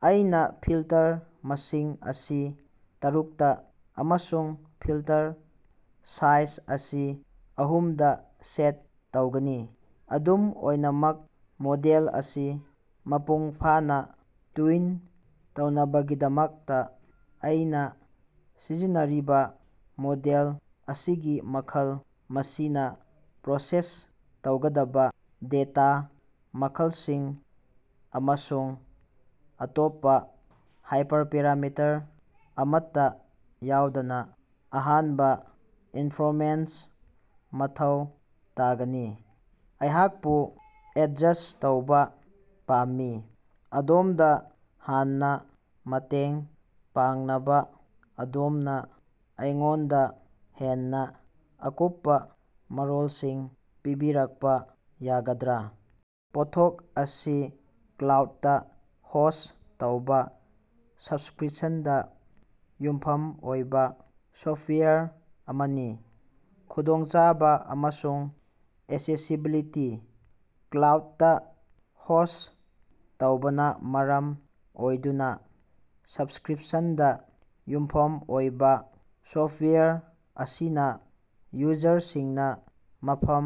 ꯑꯩꯅ ꯐꯤꯜꯇꯔ ꯃꯁꯤꯡ ꯑꯁꯤ ꯇꯔꯨꯛꯇ ꯑꯃꯁꯨꯡ ꯐꯤꯜꯇꯔ ꯁꯥꯏꯖ ꯑꯁꯤ ꯑꯍꯨꯝꯗ ꯁꯦꯠ ꯇꯧꯒꯅꯤ꯫ ꯑꯗꯨꯝ ꯑꯣꯏꯅꯃꯛ ꯃꯣꯗꯦꯜ ꯑꯁꯤ ꯃꯄꯨꯡ ꯐꯥꯅ ꯇ꯭ꯌꯨꯟ ꯇꯧꯅꯕꯒꯤꯗꯃꯛꯇ ꯑꯩꯅ ꯁꯤꯖꯤꯟꯅꯔꯤꯕ ꯃꯣꯗꯦꯜ ꯑꯁꯤꯒꯤ ꯃꯈꯜ ꯃꯁꯤꯅ ꯄ꯭ꯔꯣꯁꯦꯁ ꯇꯧꯒꯗꯕ ꯗꯦꯇꯥ ꯃꯈꯜꯁꯤꯡ ꯑꯃꯁꯨꯡ ꯑꯇꯣꯞꯄ ꯍꯥꯏꯄꯔꯄꯦꯔꯥꯃꯤꯇꯔ ꯑꯃꯠꯇ ꯌꯥꯎꯗꯅ ꯑꯍꯦꯟꯕ ꯏꯅꯐꯣꯔꯃꯦꯁꯟ ꯃꯊꯧ ꯇꯥꯒꯅꯤ꯫ ꯑꯩꯍꯥꯛꯄꯨ ꯑꯦꯗꯖꯁ꯭ꯠ ꯇꯧꯕ ꯄꯥꯝꯃꯤ꯫ ꯑꯗꯣꯝꯗ ꯍꯦꯟꯅ ꯃꯇꯦꯡ ꯄꯥꯡꯅꯕ ꯑꯗꯣꯝꯅ ꯑꯩꯉꯣꯟꯗ ꯍꯦꯟꯅ ꯑꯀꯨꯞꯄ ꯃꯔꯣꯜꯁꯤꯡ ꯄꯤꯕꯤꯔꯛꯄ ꯌꯥꯒꯗ꯭ꯔꯥ? ꯄꯣꯠꯊꯣꯛ ꯑꯁꯤ ꯀ꯭ꯂꯥꯎꯗꯇ ꯍꯣꯁ꯭ꯠ ꯇꯧꯕ ꯁꯕꯁ꯭ꯀꯔꯤꯄꯁꯟꯗ ꯌꯨꯝꯐꯝ ꯑꯣꯏꯕ ꯁꯣꯐꯋꯦꯌꯔ ꯑꯃꯅꯤ꯫ ꯈꯨꯗꯣꯡꯆꯥꯕ ꯑꯃꯁꯨꯡ ꯑꯦꯛꯁꯦꯁꯤꯕꯤꯂꯤꯇꯤ: ꯀ꯭ꯂꯥꯎꯗꯇꯥ ꯍꯣꯁ꯭ꯠ ꯇꯧꯕꯅ ꯃꯔꯝ ꯑꯣꯏꯗꯨꯅꯥ ꯁꯕꯁ꯭ꯀꯔꯤꯄꯁꯟꯗ ꯌꯨꯝꯐꯝ ꯑꯣꯏꯕ ꯁꯣꯐꯋꯦꯌꯔ ꯑꯁꯤꯅ ꯌꯨꯖꯔꯁꯤꯡꯅ ꯃꯐꯝ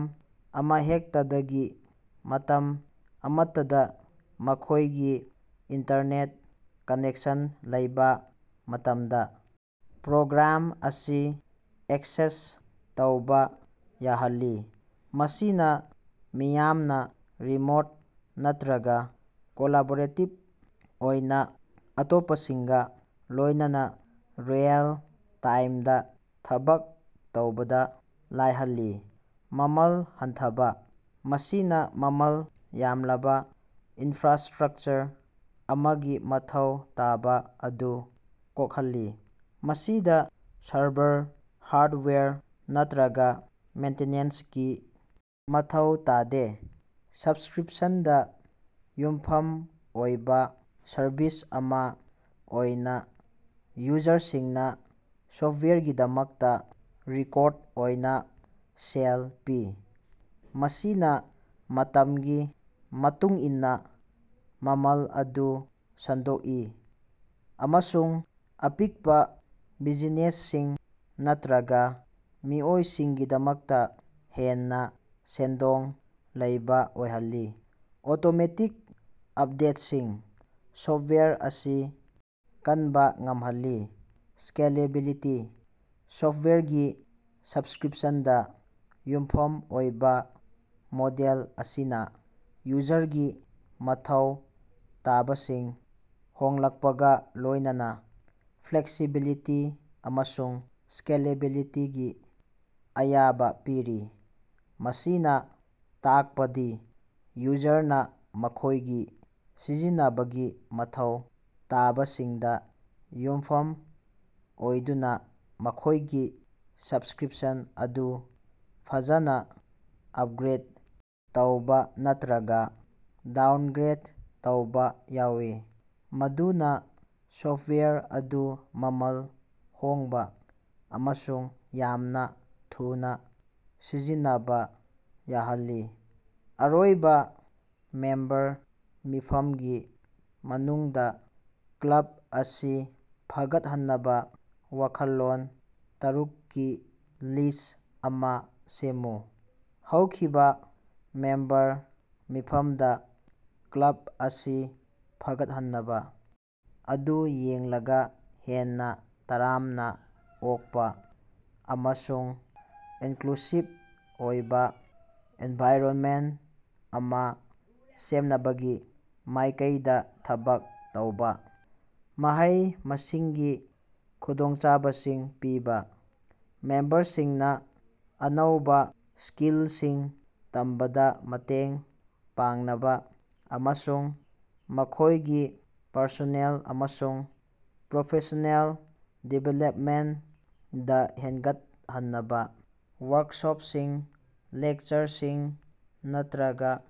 ꯑꯃꯍꯦꯛꯇꯗꯒꯤ ꯃꯇꯝ ꯑꯃꯠꯇꯗ ꯃꯈꯣꯏꯒꯤ ꯏꯟꯇꯔꯅꯦꯠ ꯀꯅꯦꯛꯁꯟ ꯂꯩꯕꯥ ꯃꯇꯝꯗ ꯄ꯭ꯔꯣꯒ꯭ꯔꯥꯝ ꯑꯁꯤ ꯑꯦꯛꯁꯦꯁ ꯇꯧꯕ ꯌꯥꯍꯜꯂꯤ꯫ ꯃꯁꯤꯅ ꯃꯤꯌꯥꯝꯅ ꯔꯤꯃꯣꯠ ꯅꯠꯇ꯭ꯔꯒ ꯀꯣꯂꯥꯕꯣꯔꯦꯇꯤꯕ ꯑꯣꯏꯅ ꯑꯇꯣꯞꯄꯁꯤꯡꯒ ꯂꯣꯏꯅꯅ ꯔꯤꯑꯦꯜ-ꯇꯥꯏꯝꯗ ꯊꯕꯛ ꯇꯧꯕꯗ ꯂꯥꯏꯍꯜꯂꯤ꯫ ꯃꯃꯜ ꯍꯟꯊꯕ: ꯃꯁꯤꯅ ꯃꯃꯜ ꯌꯥꯝꯂꯕ ꯏꯅꯐ꯭ꯔꯥꯁ꯭ꯇꯔꯛꯆꯔ ꯑꯃꯒꯤ ꯃꯊꯧ ꯇꯥꯕ ꯑꯗꯨ ꯀꯣꯛꯍꯜꯂꯤ꯫ ꯃꯁꯤꯗ ꯁꯔꯚꯔ, ꯍꯥꯔꯗꯋꯦꯌꯔ, ꯅꯠꯇ꯭ꯔꯒ ꯃꯦꯟꯇꯦꯅꯦꯟꯁꯀꯤ ꯃꯊꯧ ꯇꯥꯗꯦ꯫ ꯁꯕꯁ꯭ꯀꯔꯤꯄꯁꯟꯗ ꯌꯨꯝꯐꯝ ꯑꯣꯏꯕ ꯁꯔꯚꯤꯁ ꯑꯃ ꯑꯣꯏꯅ ꯌꯨꯖꯔꯁꯤꯡꯅ ꯁꯣꯐꯇꯋꯥꯌꯔꯒꯤꯗꯃꯛꯇ ꯔꯤꯀꯣꯔꯗ ꯑꯣꯏꯅ ꯁꯦꯜ ꯄꯤ꯫ ꯃꯁꯤꯅ ꯃꯇꯝꯒꯤ ꯃꯇꯨꯡꯏꯟꯅ ꯃꯃꯜ ꯑꯗꯨ ꯁꯟꯗꯣꯛꯏ ꯑꯃꯁꯨꯡ ꯑꯄꯤꯛꯄ ꯕꯤꯖꯤꯅꯦꯁꯁꯤꯡ ꯅꯠꯇ꯭ꯔꯒ ꯃꯤꯑꯣꯏꯁꯤꯡꯒꯤꯗꯃꯛꯇ ꯍꯦꯟꯅ ꯁꯦꯟꯗꯣꯡ ꯂꯩꯕ ꯑꯣꯏꯍꯜꯂꯤ꯫ ꯑꯣꯇꯣꯃꯦꯇꯤꯛ ꯑꯄꯗꯦꯠꯁꯤꯡ: ꯁꯣꯐ꯭ꯇꯋꯦꯔ ꯑꯁꯤ ꯀꯟꯕ ꯉꯝꯍꯜꯂꯤ꯫ ꯁ꯭ꯀꯦꯂꯦꯕꯤꯂꯤꯇꯤ: ꯁꯣꯐ꯭ꯇꯋꯦꯌꯔꯒꯤ ꯁꯕꯁ꯭ꯀꯔꯤꯄꯁꯟꯗ ꯌꯨꯝꯐꯝ ꯑꯣꯏꯕ ꯃꯣꯗꯦꯜ ꯑꯁꯤꯅ ꯌꯨꯖꯔꯒꯤ ꯃꯊꯧ ꯇꯥꯕꯁꯤꯡ ꯍꯣꯡꯂꯛꯄꯒ ꯂꯣꯏꯅꯅ ꯐ꯭ꯂꯦꯛꯁꯤꯕꯤꯂꯤꯇꯤ ꯑꯃꯁꯨꯡ ꯁ꯭ꯀꯦꯂꯦꯕꯤꯂꯤꯇꯤꯒꯤ ꯑꯌꯥꯕ ꯄꯤꯔꯤ꯫ ꯃꯁꯤꯅ ꯇꯥꯛꯄꯗꯤ ꯌꯨꯖꯔꯅꯥ ꯃꯈꯣꯏꯒꯤ ꯁꯤꯖꯤꯟꯅꯕꯒꯤ ꯃꯊꯧ ꯇꯥꯕꯁꯤꯡꯗ ꯌꯨꯝꯐꯝ ꯑꯣꯏꯗꯨꯅ ꯃꯈꯣꯏꯒꯤ ꯁꯕꯁ꯭ꯀꯔꯤꯄꯁꯟ ꯑꯗꯨ ꯐꯖꯅ ꯑꯄꯒ꯭ꯔꯦꯗ ꯇꯧꯕ ꯅꯠꯇ꯭ꯔꯒ ꯗꯥꯎꯅꯒ꯭ꯔꯦꯗ ꯇꯧꯕ ꯌꯥꯏ꯫ ꯃꯗꯨꯅꯥ ꯁꯣꯐꯇꯋꯦꯌꯔ ꯑꯗꯨ ꯃꯃꯜ ꯍꯣꯡꯕ ꯑꯃꯁꯨꯡ ꯌꯥꯝꯅꯥ ꯊꯨꯅ ꯁꯤꯖꯤꯟꯅꯕ ꯌꯥꯍꯜꯂꯤ꯫ ꯑꯔꯣꯏꯕ ꯃꯦꯝꯕꯔ ꯃꯤꯐꯝꯒꯤ ꯃꯅꯨꯡꯗ ꯀ꯭ꯂꯕ ꯑꯁꯤ ꯐꯒꯠꯍꯟꯅꯕ ꯋꯥꯈꯜꯂꯣꯟ ꯇꯔꯨꯛꯒꯤ ꯂꯤꯁ꯭ꯠ ꯑꯃ ꯁꯦꯝꯃꯨ꯫ ꯍꯧꯈꯤꯕ ꯃꯦꯝꯕꯔ ꯃꯤꯐꯝꯗ ꯀ꯭ꯂꯕ ꯑꯁꯤ ꯐꯒꯠꯍꯟꯅꯕ ꯑꯗꯨ ꯌꯦꯡꯂꯒ ꯍꯦꯟꯅ ꯇꯔꯥꯝꯅ ꯑꯣꯛꯄ ꯑꯃꯁꯨꯡ ꯏꯅꯀ꯭ꯂꯨꯁꯤꯕ ꯑꯣꯏꯕꯥ ꯑꯦꯅꯚꯥꯏꯔꯅꯃꯦꯟꯇ ꯑꯃ ꯁꯦꯝꯅꯕꯒꯤ ꯃꯥꯏꯀꯩꯗ ꯊꯕꯛ ꯇꯧꯕ꯫ ꯃꯍꯩ-ꯃꯁꯤꯡꯒꯤ ꯈꯨꯗꯣꯡꯆꯥꯕꯁꯤꯡ ꯄꯤꯕ: ꯃꯦꯝꯕꯔꯁꯤꯡꯅ ꯑꯅꯧꯕ ꯁ꯭ꯀꯤꯜꯁꯤꯡ ꯇꯝꯕꯗ ꯃꯇꯦꯡ ꯄꯥꯡꯅꯕ ꯑꯃꯁꯨꯡ ꯃꯈꯣꯏꯒꯤ ꯄꯔꯁꯣꯅꯦꯜ ꯑꯃꯁꯨꯡ ꯄ꯭ꯔꯣꯐꯦꯁ꯭ꯅꯦꯜ ꯗꯤꯕꯦꯂꯄꯃꯦꯟꯇꯗ ꯍꯦꯟꯒꯠꯍꯟꯅꯕ ꯋꯥꯔꯛꯁꯣꯄꯁꯤꯡ ꯂꯦꯛꯆꯔꯁꯤꯡ ꯅꯠꯇ꯭ꯔꯒ